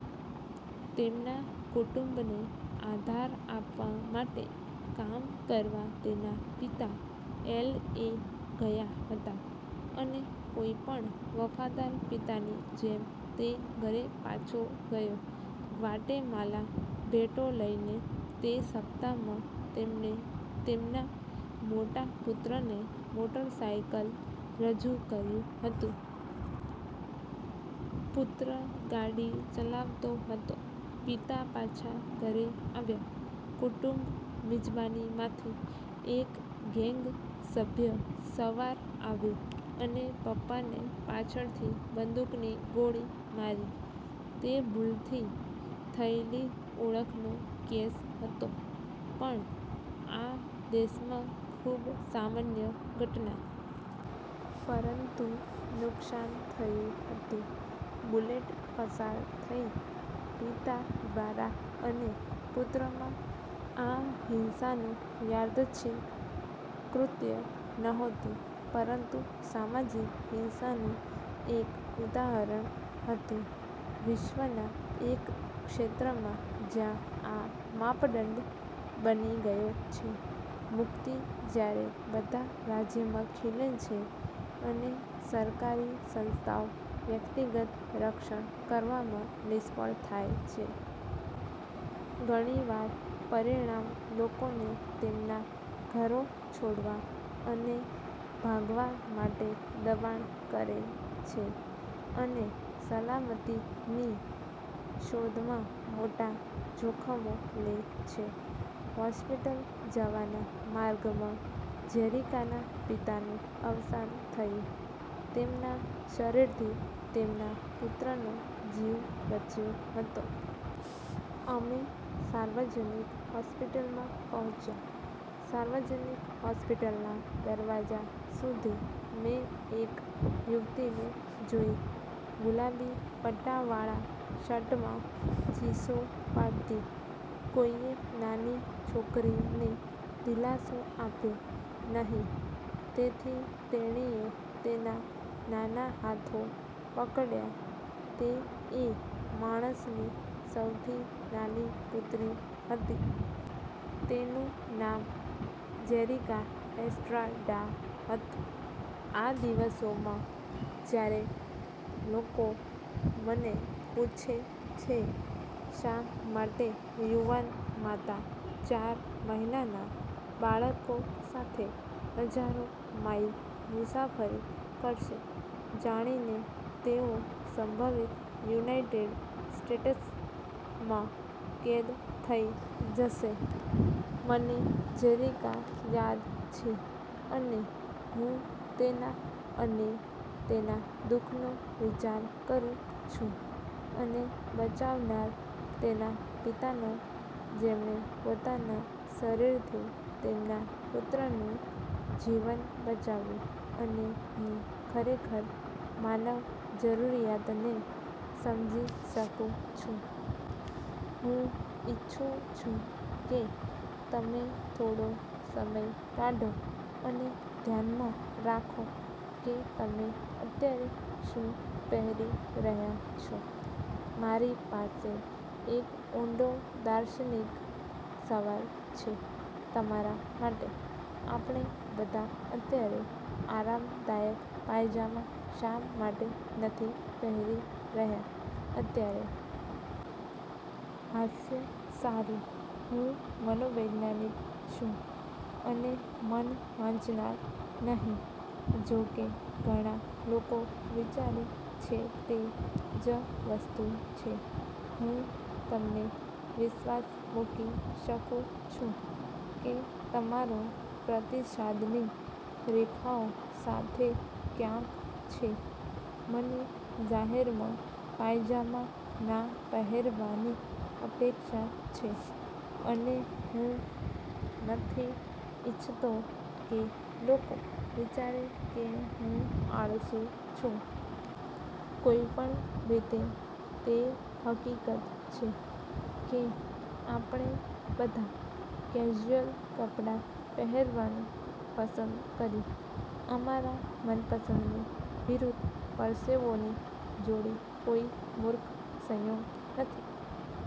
તેમના કુટુંબને આધાર આપવા માટે કામ કરવા તેના પિતા એલએ ગયા હતા અને કોઈપણ વફાદાર પિતાની જેમ તે ઘરે પાછો ગયો ગ્વાટેમાલા ભેટો લઈને. તે સપ્તાહમાં તેમણે તેમના મોટા પુત્રને મોટરસાયકલ રજૂ કર્યું હતું. પુત્ર ગાડી ચલાવતો હતો, પિતા પાછા ઘરે આવ્યા કુટુંબ મિજબાની માંથી, એક ગેંગ સભ્ય સવાર આવ્યો અને પપ્પાને પાછળથી બંદૂકની ગોળી મારી. તે ભૂલથી થયેલી ઓળખનો કેસ હતો પણ આ દેશમાં ખૂબ સામાન્ય ઘટના. પરંતુ નુકસાન થયું હતું. બુલેટ પસાર થઈ પિતા દ્વારા અને પુત્રમાં. આ હિંસાનું યાર્દચ્છિક કૃત્ય નહોતુ પરંતુ સામાજિક હિંસાનું એક ઉદાહરણ હતું વિશ્વના એક ક્ષેત્રમાં જ્યાં આ માપદંડ બની ગયો છે. મુક્તિ જ્યારે બધા રાજ્યમાં ખીલે છે અને સરકારી સંસ્થાઓ વ્યક્તિગત રક્ષણ કરવામાં નિષ્ફળ થાય છે. ઘણી વાર, પરિણામ લોકોને તેમના ઘરો છોડવા અને ભાગવા માટે દબાણ કરે છે અને સલામતીની શોધમાં મોટા જોખમો લે છે. હોસ્પિટલ જવાના માર્ગમાં જેરીકાના પિતાનું અવસાન થયું. તેમના શરીરથી તેમના પુત્રનો જીવ બચ્યો હતો. આમે સાર્વજનિક હોસ્પિટલમાં પહોંચ્યા. સાર્વજનિક હોસ્પિટલના દરવાજા સુધી મેં એક યુવતીને જોઇ ગુલાબી પટ્ટાવાળા શર્ટમાં, ચીસો પાડતી. કોઈએ નાની છોકરીને દિલાસો આપ્યો નહીં તેથી તેણીએ તેના નાના હાથો પકડ્યા. તે એ માણસની સૌથી નાની પુત્રી હતી. તેનું નામ જેરિકા એસ્ટ્રાડા હતું. આ દિવસોમાં, જ્યારે લોકો મને પૂછે છે શા માટે યુવાન માતા ચાર મહિનાનાં બાળકો સાથે હજારો માઇલ મુસાફરી કરશે, જાણીને તેઓ સંભવિત યુનાઇટેડ સ્ટેટ્સમાં કેદ થઈ જશે, મને જેરિકા યાદ છે અને હું તેના અને તેના દુઃખનો વિચાર કરું છું અને બચાવનાર તેના પિતાનો જેમણે પોતાના શરીરથી તેમના પુત્રનું જીવન બચાવ્યું અને હું ખરેખર માનવ જરૂરિયાતને સમજી શકું છું. હું ઇચ્છું છું કે તમે થોડો સમય કાઢો અને ધ્યાનમાં રાખો કે તમે અત્યારે શું પહેરી રહ્યા છો. મારી પાસે એક ઊંડો દાર્શનિક સવાલ છે તમારા માટે, "આપણે બધા અત્યારે આરામદાયક પાયજામા શા માટે નથી પહેરી રહ્યા અત્યારે?" હાસ્ય સારું. હું મનોવૈજ્ઞાનિક છું અને મન વાંચનાર નહીં જોકે ઘણા લોકો વિચારે છે તે જ વસ્તુ છે. હું તમને વિશ્વાસ મૂકી શકું છું કે તમારો પ્રતિસાદની રેખાઓ સાથે ક્યાંક છે, "મને જાહેરમાં પાયજામા ના પહેરવાની અપેક્ષા છે" અને "હું નથી ઇરછતો કે લોકો વિચારે કે હું આળસું છું." કોઈપણ રીતે તે હકીકત છે કે આપણે બધા કેઝ્યુઅલ કપડાં પહેરવાનું પસંદ કર્યું. અમારા મનપસંદની વિરુદ્ધ પરસેવોની જોડી કોઈ મૂર્ખ સંયોગ નથી.